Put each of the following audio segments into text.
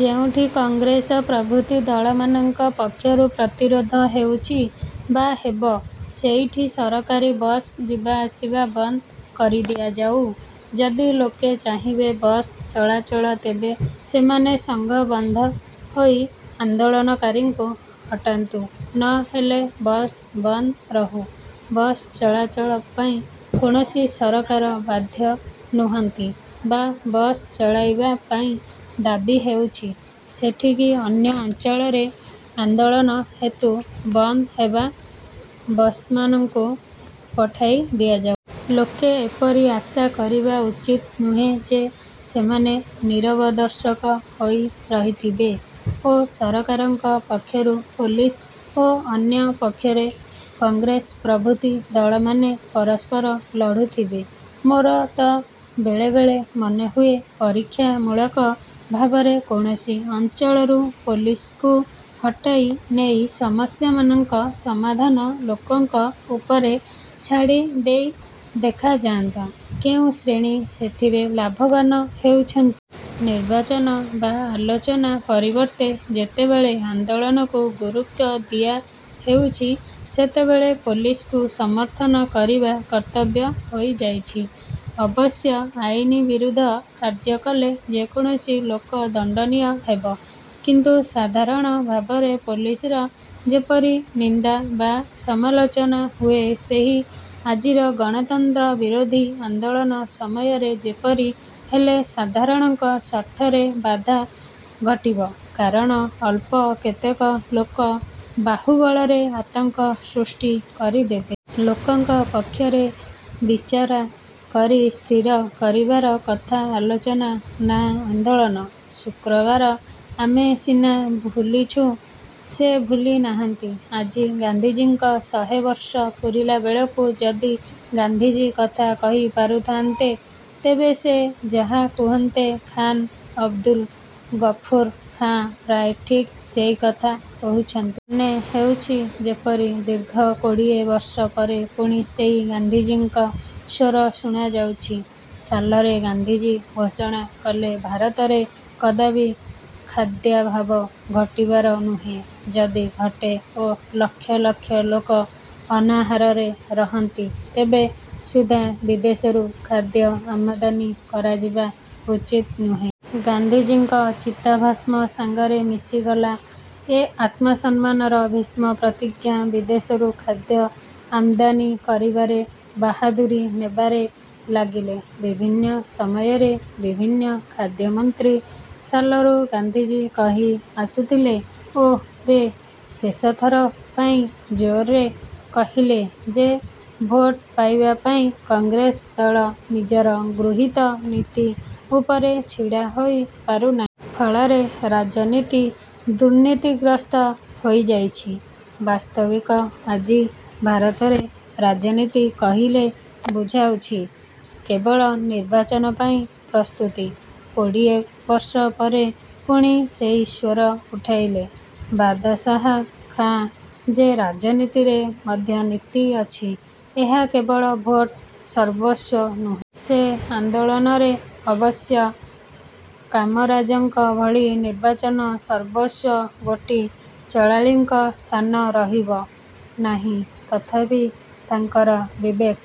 ଯେଉଁଠି କଂଗ୍ରେସ ପ୍ରଭୃତି ଦଳମାନଙ୍କ ପକ୍ଷରୁ ପ୍ରତିରୋଧ ହେଉଛି ବା ହେବ ସେଠିକି ସରକାରୀ ବସ୍ ଯିବା ଆସିବା ବନ୍ଦ କରିଦିଆଯାଉ। ଯଦି ଲୋକେ ଚାହିଁବେ ବସ୍ ଚଳାଚଳ ତେବେ ସେମାନେ ସଙ୍ଘବଦ୍ଧ ହୋଇ ଆନ୍ଦୋଳନକାରୀଙ୍କୁ ହଟାନ୍ତୁ, ନ ହେଲେ ବସ୍ ବନ୍ଦ ରହୁ। ବସ୍ ଚଳାଚଳ ପାଇଁ କୌଣସି ସରକାର ବାଧ୍ୟ ନୁହନ୍ତି ବା ବସ୍ ଚଳାଇବା ପାଇଁ ଦାବି ହେଉଛି ସେଠିକି ଅନ୍ୟ ଅଞ୍ଚଳରେ ଆନ୍ଦୋଳନ ହେତୁ ବନ୍ଦ ହେବା ବସ୍ମାନଙ୍କୁ ପଠାଇ ଦିଆଯାଉ। ଲୋକେ ଏପରି ଆଶା କରିବା ଉଚିତ ନୁହେଁ ଯେ ସେମାନେ ନୀରବଦର୍ଶକ ହୋଇ ରହିଥିବେ ଓ ସରକାରଙ୍କ ପକ୍ଷରୁ ପୋଲିସ ଓ ଅନ୍ୟ ପକ୍ଷରେ କଂଗ୍ରେସ ପ୍ରଭୃତି ଦଳମାନେ ପରସ୍ପର ଲଢ଼ୁଥିବେ। ମୋର ତ ବେଳେବେଳେ ମନେହୁଏ ପରୀକ୍ଷାମୂଳକ ଭାବରେ କୌଣସି ଅଞ୍ଚଳରୁ ପୋଲିସକୁ ହଟାଇ ନେଇ ସମସ୍ୟାମାନଙ୍କ ସମାଧାନ ଲୋକଙ୍କ ଉପରେ ଛାଡ଼ି ଦେଇ ଦେଖାଯାନ୍ତା, କେଉଁ ଶ୍ରେଣୀ ସେଥିରେ ଲାଭବାନ ହେଉଛନ୍ତି। ନିର୍ବାଚନ ବା ଆଲୋଚନା ପରିବର୍ତ୍ତେ ଯେତେବେଳେ ଆନ୍ଦୋଳନକୁ ଗୁରୁତ୍ୱ ଦିଆହେଉଛି, ସେତେବେଳେ ପୋଲିସକୁ ସମର୍ଥନ କରିବା କର୍ତ୍ତବ୍ୟ ହୋଇଯାଉଛି। ଅବଶ୍ୟ ଆଇନବିରୁଦ୍ଧ କାର୍ଯ୍ୟ କଲେ ଯେକୌଣସି ଲୋକ ଦଣ୍ଡନୀୟ ହେବ। କିନ୍ତୁ ସାଧାରଣ ଭାବରେ ପୋଲିସର ଯେପରି ନିନ୍ଦା ବା ସମାଲୋଚନା ହୁଏ ସେହି ଆଜିର ଗଣତନ୍ତ୍ର ବିରୋଧୀ ଆନ୍ଦୋଳନ ସମୟରେ ଯେପରି ହେଲେ ସାଧାରଣଙ୍କ ସ୍ୱାର୍ଥରେ ବାଧା ଘଟିବ କାରଣ ଅଳ୍ପ କେତେକ ଲୋକ ବାହୁବଳରେ ଆତଙ୍କ ସୃଷ୍ଟି କରିଦେବେ। ଲୋକଙ୍କ ପକ୍ଷରେ ବିଚାର କରି ସ୍ଥିର କରିବାର କଥା- ଆଲୋଚନା ନା ଆନ୍ଦୋଳନ। ଶୁକ୍ରବାର ଆମେ ସିନା ଭୁଲିଛୁଁ ସେ ଭୁଲି ନାହାନ୍ତି ଆଜି ଗାନ୍ଧିଜୀଙ୍କ ଶହେ ବର୍ଷ ପୂରିଲାବେଳକୁ, ଯଦି ଗାନ୍ଧିଜୀ କଥା କହି ପାରୁଥାନ୍ତେ, ତେବେ ସେ ଯାହା କହୁଥାନ୍ତେ, ଖାନ୍ ଅବଦୁଲ ଗଫୁର ଖାଁ ପ୍ରାୟ ଠିକ ସେହି କଥା କହୁଛନ୍ତି। ମନେ ହେଉଛି ଯେପରି ଦୀର୍ଘ କୋଡ଼ିଏ ବର୍ଷ ପରେ ପୁଣି ସେହି ଗାନ୍ଧିଜୀଙ୍କ ସ୍ୱର ଶୁଣାଯାଉଛି। ସାଲରେ ଗାନ୍ଧିଜୀ ଘୋଷଣା କଲେ ''ଭାରତରେ କଦାପି ଖାଦ୍ୟାଭାବ ଘଟିବାର ନୁହେଁ। ଯଦି ଘଟେ ଓ ଲକ୍ଷ ଲକ୍ଷ ଲୋକ ଅନାହାରରେ ରହନ୍ତି ତେବେ ସୁଦ୍ଧା ବିଦେଶରୁ ଖାଦ୍ୟ ଆମଦାନୀ କରାଯିବା ଉଚିତ ନୁହେଁ। '' ଗାନ୍ଧିଜୀଙ୍କ ଚିତାଭସ୍ମ ସାଙ୍ଗରେ ମିଶିଗଲା ଏ ଆତ୍ମସମ୍ମାନର ଭୀଷ୍ମ ପ୍ରତିଜ୍ଞା। ବିଦେଶରୁ ଖାଦ୍ୟ ଆମଦାନୀ କରିବାରେ ବାହାଦୁରି ନେବାରେ ଲାଗିଲେ ବିଭିନ୍ନ ସମୟରେ ବିଭିନ୍ନ ଖାଦ୍ୟମନ୍ତ୍ରୀ। ସାଲରୁ ଗାନ୍ଧିଜୀ କହି ଆସୁଥିଲେ ଓ ରେ ଶେଷଥର ପାଇଁ ଜୋରରେ କହିଲେ ଯେ ଭୋଟ ପାଇବା ପାଇଁ କଂଗ୍ରେସ ଦଳ ନିଜର ଗୃହୀତ ନୀତି ଉପରେ ଛିଡ଼ା ହୋଇ ପାରୁନାହିଁ। ଫଳରେ ରାଜନୀତି ଦୁର୍ନୀତିଗ୍ରସ୍ତ ହୋଇଯାଉଛି। ବାସ୍ତବିକ ଆଜି ଭାରତରେ ରାଜନୀତି କହିଲେ ବୁଝାଉଛି କେବଳ ନିର୍ବାଚନ ପାଇଁ ପ୍ରସ୍ତୁତି। କୋଡ଼ିଏ ବର୍ଷ ପରେ ପୁଣି ସେହି ସ୍ୱର ଉଠାଇଲେ ବାଦଶାହା ଖାଁ ଯେ ରାଜନୀତିରେ ମଧ୍ୟ ନୀତି ଅଛି, ଏହା କେବଳ ଭୋଟ ସର୍ବସ୍ୱ ନୁହେଁ। ସେ ଆନ୍ଦୋଳନରେ ଅବଶ୍ୟ କାମରାଜଙ୍କ ଭଳି ନିର୍ବାଚନ ସର୍ବସ୍ୱ ଗୋଟି ଚଳାଳିଙ୍କ ସ୍ଥାନ ରହିବ ନାହିଁ, ତଥାପି ତାଙ୍କର ବିବେକ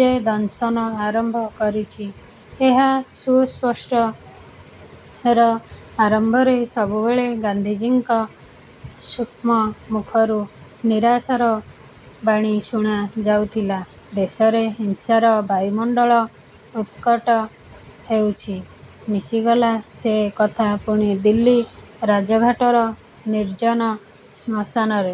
ଯେ ଦଂଶନ ଆରମ୍ଭ କରିଛି, ଏହା ସୁସ୍ପଷ୍ଟ। ର ଆରମ୍ଭରେ ସବୁବେଳେ ଗାନ୍ଧିଜୀଙ୍କ ଶୁଷ୍କ ମୁଖରୁ ନିରାଶାର ବାଣୀ ଶୁଣା ଯାଉଥିଲା ''ଦେଶରେ ହିଂସାର ବାୟୁମଣ୍ଡଳ ଉତ୍କଟ ହେଉଛି। '' ମିଶିଗଲା ସେ କଥା ପୁଣି ଦିଲ୍ଲୀ ରାଜଘାଟର ନିର୍ଜନ ଶ୍ମଶାନରେ,